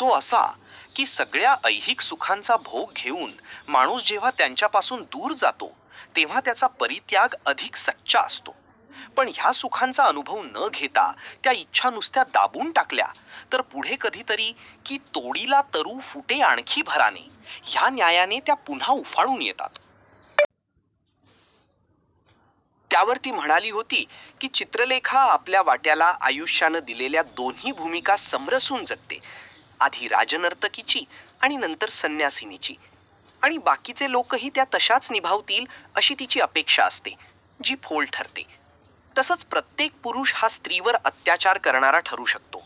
तो असा की सगळ्या ऐहिक सुखांचा भोग घेऊन माणूस जेव्हा त्यांच्यापासून दूर जातो तेव्हा त्याचा परित्याग अधिक सच्चा असतो. पण ह्या सुखांचा अनुभव न घेता त्या इच्छा नुसत्या दाबून टाकल्या तर पुढे कधीतरी 'की तोडीला तरु फुटे आणखी भराने' ह्या न्यायाने त्या पुन्हा उफाळून येतात. त्यावर ती म्हणाली होती की चित्रलेखा आपल्या वाट्याला आयुष्याने दिलेल्या दोन्ही भूमिका समरसून जगते आधी राजनर्तकीची आणि नंतर संन्यासिनीची. आणि बाकीचे लोकही त्या तश्याच निभावतील अशी तिची अपेक्षा असते जी फोल ठरते. तसंच प्रत्येक पुरुष हा स्त्रीवर अत्याचार करणारा ठरू शकतो.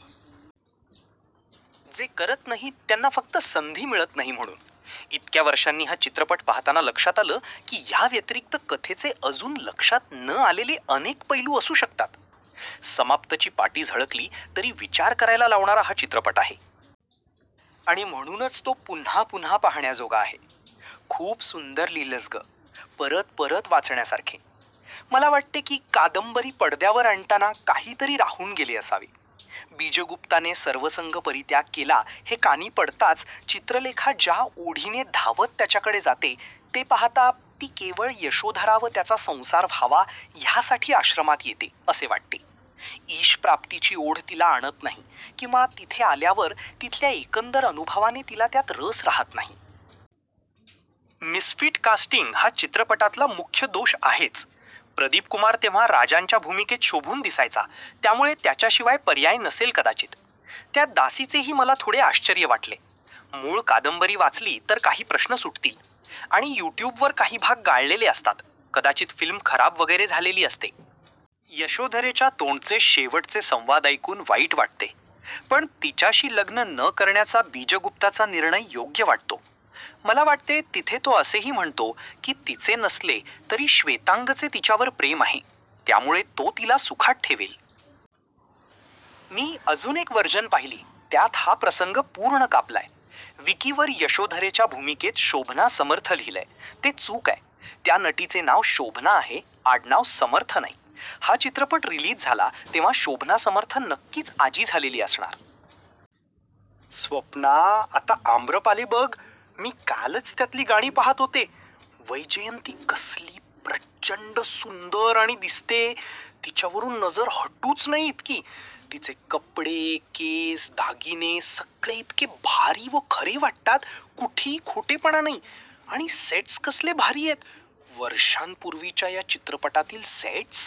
जे करत नाहीत त्यांना फक्त संधी मिळत नाही म्हणून. इतक्या वर्षांनी हा चित्रपट पाहताना लक्षात आलं की ह्याव्यतिरिक्त कथेचे अजून लक्षात न आलेले अनेक पैलू असू शकतात. 'समाप्त' ची पाटी झळकली तरी विचार करायला लावणारा हा चित्रपट आहे. आणि म्हणूनच तो पुन्हापुन्हा पाहण्याजोगा आहे. खूप सुंदर लिहिलंस गं.. परत परत वाचण्यासारखे. मला वाटते की कादंबरी पडद्यावर आणताना काहीतरी राहून गेले असावे. बीजगुप्ताने सर्वसंगपरित्याग केला हे कानी पडताच चित्रलेखा ज्या ओढीने धावत त्याच्याकडे जाते ते पाहता ती केवळ यशोधरा व त्याचा संसार व्हावा यासाठी आश्रमात येते असे वाटते, ईश्प्राप्तीची ओढ तिला आणत नाही किंवा तिथे आल्यावर तिथल्या एकंदर अनुभवाने तिला त्यात रस राहत नाही.. मिसफीट कास्टिंग हा चित्रपटातला मुख्य दोष आहेच. प्रदीपकुमार तेव्हा राजांच्या भूमिकेत शोभून दिसायचा, त्यामुळे त्याच्याशिवाय पर्याय नसेल कदाचित. त्या दासीचेही मला थोडे आश्चर्य वाटले. मूळ कादंबरी वाचली तर काही प्रश्न सुटतील. आणि युट्युबवर काही भाग गाळलेले असतात, कदाचित फिल्म खराब वगैरे झालेली असते. यशोधरेच्या तोंडचे शेवटचे संवाद ऐकून वाईट वाटते. पण तिच्याशी लग्न न करण्याचा बीजगुप्ताचा निर्णय योग्य वाटतो. मला वाटते तिथे तो असेही म्हणतो की तिचे नसले तरी श्वेतांगचे तिच्यावर प्रेम आहे, त्यामुळे तो तिला सुखात ठेवेल. मी अजून एक व्हर्जन पाहीली त्यात हा प्रसंग पूर्ण कापलाय. विकीवर यशोधरेच्या भूमिकेत शोभना समर्थ लिहिलेय ते चूक आहे. त्या नटीचे नाव शोभना आहे, आडनाव समर्थ नाही. हा चित्रपट रिलीज झाला तेव्हा शोभना समर्थ नक्कीच आजी झालेली असणार. स्वप्ना, आता आम्रपाली बघ. मी कालच त्यातली गाणी पाहत होते. वैजयंती कसली प्र चं ड सुंदर आणि दिसते, तिच्यावरून नजर हटुच नाही इतकी. तिचे कपडे, केस, दागिने सगळे इतके भारी व खरे वाटतात, कुठेही खोटेपणा नाही. आणि सेट्स कसले भारी आहेत वर्षांपूर्वीच्या या चित्रपटातील सेट्स